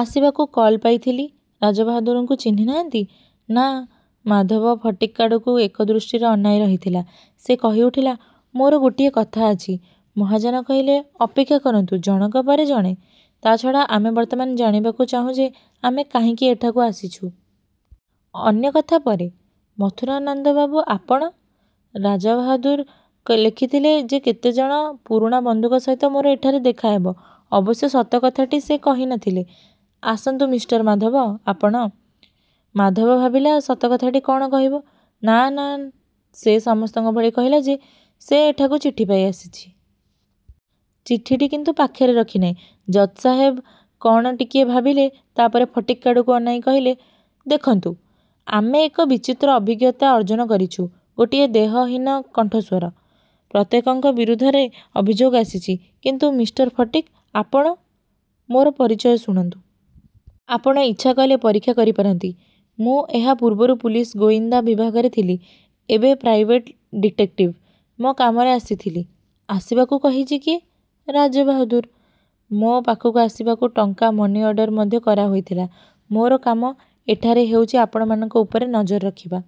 -ଆସିବାକୁ କଲ୍ ପାଇଥିଲି। -ରାଜାବାହାଦୁରଙ୍କୁ ଚିହ୍ନି ନାହାନ୍ତି? -ନା। ମାଧବ ଫଟିକ୍ଆଡ଼କୁ ଏକଦୃଷ୍ଟିରେ ଅନାଇରହିଥିଲା। ସେ କହିଉଠିଲା-ମୋର ଗୋଟିଏ କଥା ଅଛି। ମହାଜନ କହିଲେ-ଅପେକ୍ଷା କରନ୍ତୁ, ଜଣକ ପରେ ଜଣେ। ତା' ଛଡା ଆମେ ବର୍ତ୍ତମାନ ଜାଣିବାକୁ ଚାହୁଁ ଯେ ଆମେ କାହିଁକି ଏଠାକୁ ଆସିଛୁ। ଅନ୍ୟ କଥା ପରେ। -ମଥୁରାନନ୍ଦବାବୁ, ଆପଣ? -ରାଜାବାହାଦୁର ଲେଖିଥିଲେ ଯେ କେତେଜଣ ପୁରୁଣା ବନ୍ଧୁଙ୍କ ସହିତ ମୋର ଏଠାରେ ଦେଖାହେବ। ଅବଶ୍ୟ ସତ କଥାଟି ସେ କହି ନ ଥିଲେ। -ଆସନ୍ତୁ ମିଷ୍ଟର ମାଧବ, ଆପଣ? ମାଧବ ଭାବିଲା, ସତ କଥାଟି କ'ଣ କହିବ। ନା ନା, ସେ ସମସ୍ତଙ୍କ ଭଳି କହିଲା ଯେ, ସେ ଏଠାକୁ ଚିଠି ପାଇ ଆସିଛି। ଚିଠିଟି କିନ୍ତୁ ପାଖରେ ରଖିନାହିଁ। ଜଜ୍ସାହେବ କ'ଣ ଟିକିଏ ଭାବିଲେ, ତା'ପରେ ଫଟିକ୍ ଆଡ଼କୁ ଅନାଇ କହିଲେ- ଦେଖନ୍ତୁ, ଆମେ ଏକ ବିଚିତ୍ର ଅଭିଜ୍ଞତା ଅର୍ଜନ କରିଛୁ। ଗୋଟିଏ ଦେହହୀନ କଣ୍ଠସ୍ଵର-। ପ୍ରତ୍ୟେକଙ୍କ ବିରୁଦ୍ଧରେ ଅଭିଯୋଗ ଆସିଛି। କିନ୍ତୁ ମିଷ୍ଟର ଫଟିକ୍, ଆପଣ? -ମୋର ପରିଚୟ ଶୁଣନ୍ତୁ। ଆପଣ ଇଚ୍ଛା କଲେ ପରୀକ୍ଷା କରିପାରନ୍ତି। ମୁଁ ଏହା ପୂର୍ବରୁ ପୁଲିସ ଗୋଇନ୍ଦା ବିଭାଗରେ ଥିଲି, ଏବେ ପ୍ରାଇଭେଟ୍ ଡିଟେକ୍ଟିଭ। ମୋ କାମରେ ଆସିଥିଲି। -ଆସିବାକୁ କହିଛି କିଏ? -ରାଜାବାହାଦୁର୍। ମୋ ପାଖକୁ ଆସିବାକୁ ଟଙ୍କା ମନିଅର୍ଡ଼ର ମଧ୍ୟ କରାହୋଇଥିଲା। ମୋର କାମ ଏଠାରେ ହେଉଛି ଆପଣମାନଙ୍କ ଉପରେ ନଜର ରଖିବା।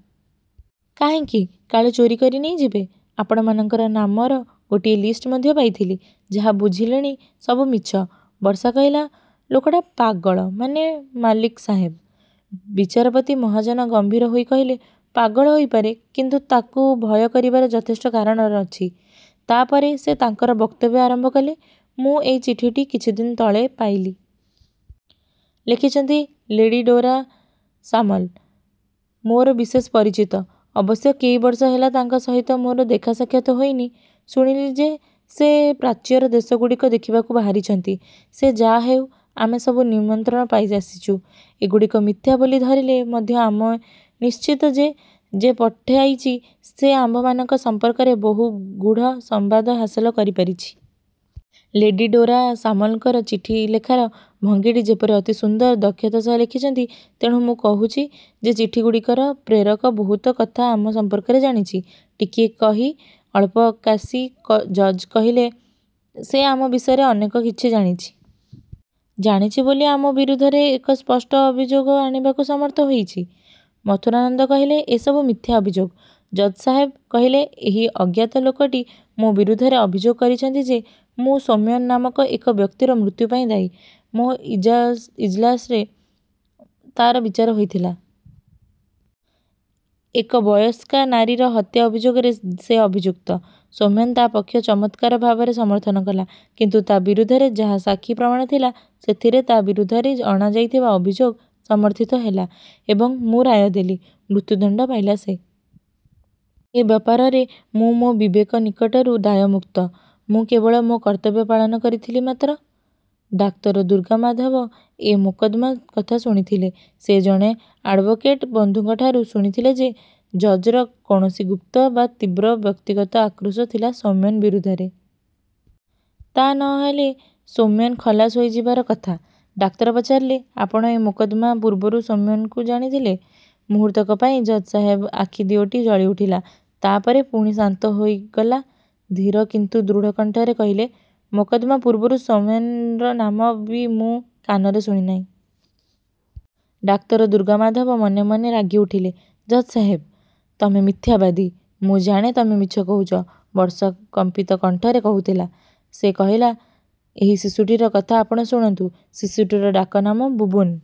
-କାହିଁକି? -କାଳେ ଚୋରିକରି ନେଇଯିବେ। ଆପଣମାନଙ୍କର ନାମର ଗୋଟିଏ ଲିଷ୍ଟ ମଧ୍ୟ ପାଇଥିଲି। ଯାହା ବୁଝିଲିଣି ସବୁ ମିଛ। ବର୍ଷା କହିଲା-ଲୋକଟା ପାଗଳ, ମାନେ, ମାଲିକସାହେବ। ବିଚାରପତି ମହାଜନ ଗମ୍ଭୀର ହୋଇ କହିଲେ-ପାଗଳ ହୋଇପାରେ; କିନ୍ତୁ ତାକୁ ଭୟ କରିବାର ଯଥେଷ୍ଟ କାରଣ ଅଛି। ତା'ପରେ ସେ ତାଙ୍କର ବକ୍ତବ୍ୟ ଆରମ୍ଭ କଲେ-ମୁଁ ଏଇ ଚିଠିଟି କିଛିଦିନ ତଳେ ପାଇଲି-। ଲେଖିଛନ୍ତି ଲେଡି ଡୋରା ସାମଲ। ମୋର ବିଶେଷ ପରିଚିତ। ଅବଶ୍ୟ କେଇବର୍ଷ ହେଲା ତାଙ୍କ ସହିତ ମୋର ଦେଖାସାକ୍ଷାତ ହୋଇନି। ଶୁଣିଲି ଯେ ସେ ପ୍ରାଚ୍ୟର ଦେଶଗୁଡ଼ିକ ଦେଖିବାକୁ ବାହାରିଛନ୍ତି। ସେ ଯା'ହେଉ ଆମେ ସବୁ ନିମନ୍ତ୍ରଣ ପାଇ ଆସିଛୁ। ଏଗୁଡ଼ିକ ମିଥ୍ୟା ବୋଲି ଧରିଲେ ମଧ୍ୟ ଆମେ ନିଶ୍ଚିତ ଯେ, ଯେ ପଠାଇଛି ସେ ଆମ୍ଭମାନଙ୍କ ସମ୍ପର୍କରେ ବହୁ ଗୂଢ଼ ସମ୍ବାଦ ହାସଲ କରିପାରିଛି। ଲେଡି ଡୋରା ସାମଲଙ୍କର ଚିଠିଲେଖାର ଭଙ୍ଗୀଟି ଯେପରି ଅତି ସୁନ୍ଦର; ଦକ୍ଷତା ସହ ଲେଖିଛନ୍ତି। ତେଣୁ ମୁଁ କହୁଛି ଯେ ଚିଠିଗୁଡ଼ିକର ପ୍ରେରକ ବହୁତ କଥା ଆମ ସମ୍ପର୍କରେ ଜାଣିଛି। ଟିକିଏ କହି, ଅଳ୍ପ କାଶି ଜଜ୍ କହିଲେ-ସେ ଆମ ବିଷୟରେ ଅନେକ କିଛି ଜାଣିଛି। ଜାଣିଛି ବୋଲି ଆମ ବିରୁଦ୍ଧରେ ଏକ ସ୍ପଷ୍ଟ ଅଭିଯୋଗ ଆଣିବାକୁ ସମର୍ଥ ହୋଇଛି। ମଥୁରାନନ୍ଦ କହିଲେ-ଏସବୁ ମିଥ୍ୟା ଅଭିଯୋଗ। ଜଜ୍ସାହେବ କହିଲେ-ଏହି ଅଜ୍ଞାତ ଲୋକଟି ମୋ ବିରୁଦ୍ଧରେ ଅଭିଯୋଗ କରିଛନ୍ତି ଯେ ମୁଁ ସୌମେନ୍ ନାମକ ଏକ ବ୍ୟକ୍ତିର ମୃତ୍ୟୁ ପାଇଁ ଦାୟୀ। ମୋ ଇଜ୍ଲାସରେ ତା'ର ବିଚାର ହୋଇଥିଲା। ଏକ ବୟସ୍କା ନାରୀର ହତ୍ୟା ଅଭିଯୋଗରେ ସେ ଅଭିଯୁକ୍ତ। ସୌମେନ୍ ତା' ପକ୍ଷ ଚମତ୍କାର ଭାବରେ ସମର୍ଥନ କଲା। କିନ୍ତୁ ତା' ବିରୁଦ୍ଧରେ ଯାହା ସାକ୍ଷୀ ପ୍ରମାଣ ଥିଲା, ସେଥିରେ ତା' ବିରୁଦ୍ଧରେ ଅଣାଯାଇଥିବା ଅଭିଯୋଗ ସମର୍ଥିତ ହେଲା ଏବଂ ମୁଁ ରାୟ ଦେଲି। ମୃତ୍ୟୁଦଣ୍ଡ ପାଇଲା ସେ। ଏ ବ୍ୟାପାରରେ ମୁଁ ମୋ ବିବେକ ନିକଟରୁ ଦାୟମୁକ୍ତ। ମୁଁ କେବଳ ମୋର କର୍ତ୍ତବ୍ୟ ପାଳନ କରିଥିଲି ମାତ୍ର। ଡାକ୍ତର ଦୁର୍ଗାମାଧବ ଏ ମୋକଦ୍ଦମା କଥା ଶୁଣିଥିଲେ। ସେ ଜଣେ ଆଡ଼ଭୋକେଟ ବନ୍ଧୁଙ୍କଠାରୁ ଶୁଣିଥିଲେ ଯେ ଜଜ୍ର କୌଣସି ଗୁପ୍ତ ବା ତୀବ୍ର ବ୍ୟକ୍ତିଗତ ଆକ୍ରୋଶ ଥିଲା ସୌମେନ୍ ବିରୁଦ୍ଧରେ। ତା' ନ ହେଲେ ସୌମେନ୍ ଖଲାସ ହୋଇଯିବାର କଥା। ଡାକ୍ତର ପଚାରିଲେ-ଆପଣ ଏ ମୋକଦ୍ଦମା ପୂର୍ବରୁ ସୌମେନ୍କୁ ଜାଣିଥିଲେ? ମୁହୂର୍ତ୍ତକ ପାଇଁ ଜଜ୍ସାହେବଙ୍କ ଆଖି ଦିଓଟି ଜଳିଉଠିଲା, ତା'ପରେ ପୁଣି ଶାନ୍ତ ହୋଇଗଲା। ଧୀର କିନ୍ତୁ ଦୃଢ଼କଣ୍ଠରେ କହିଲେ-ମୋକଦ୍ଦମା ପୂର୍ବରୁ ସୌମେନ୍ର ନାମ ବି ମୁଁ କାନରେ ଶୁଣିନାହିଁ। ଡାକ୍ତର ଦୁର୍ଗାମାଧବ ମନେ ମନେ ରାଗିଉଠିଲେ-ଜଜ୍ସାହେବ, ତମେ ମିଥ୍ୟାବାଦୀ। ମୁଁ ଜାଣେ ତମେ ମିଛ କହୁଛ। ବର୍ଷା କମ୍ପିତ କଣ୍ଠରେ କହୁଥିଲା। ସେ କହିଲା-ଏହି ଶିଶୁଟିର କଥା ଆପଣ ଶୁଣନ୍ତୁ। ଶିଶୁଟିର ଡାକ ନାମ ବୁବୁନ୍।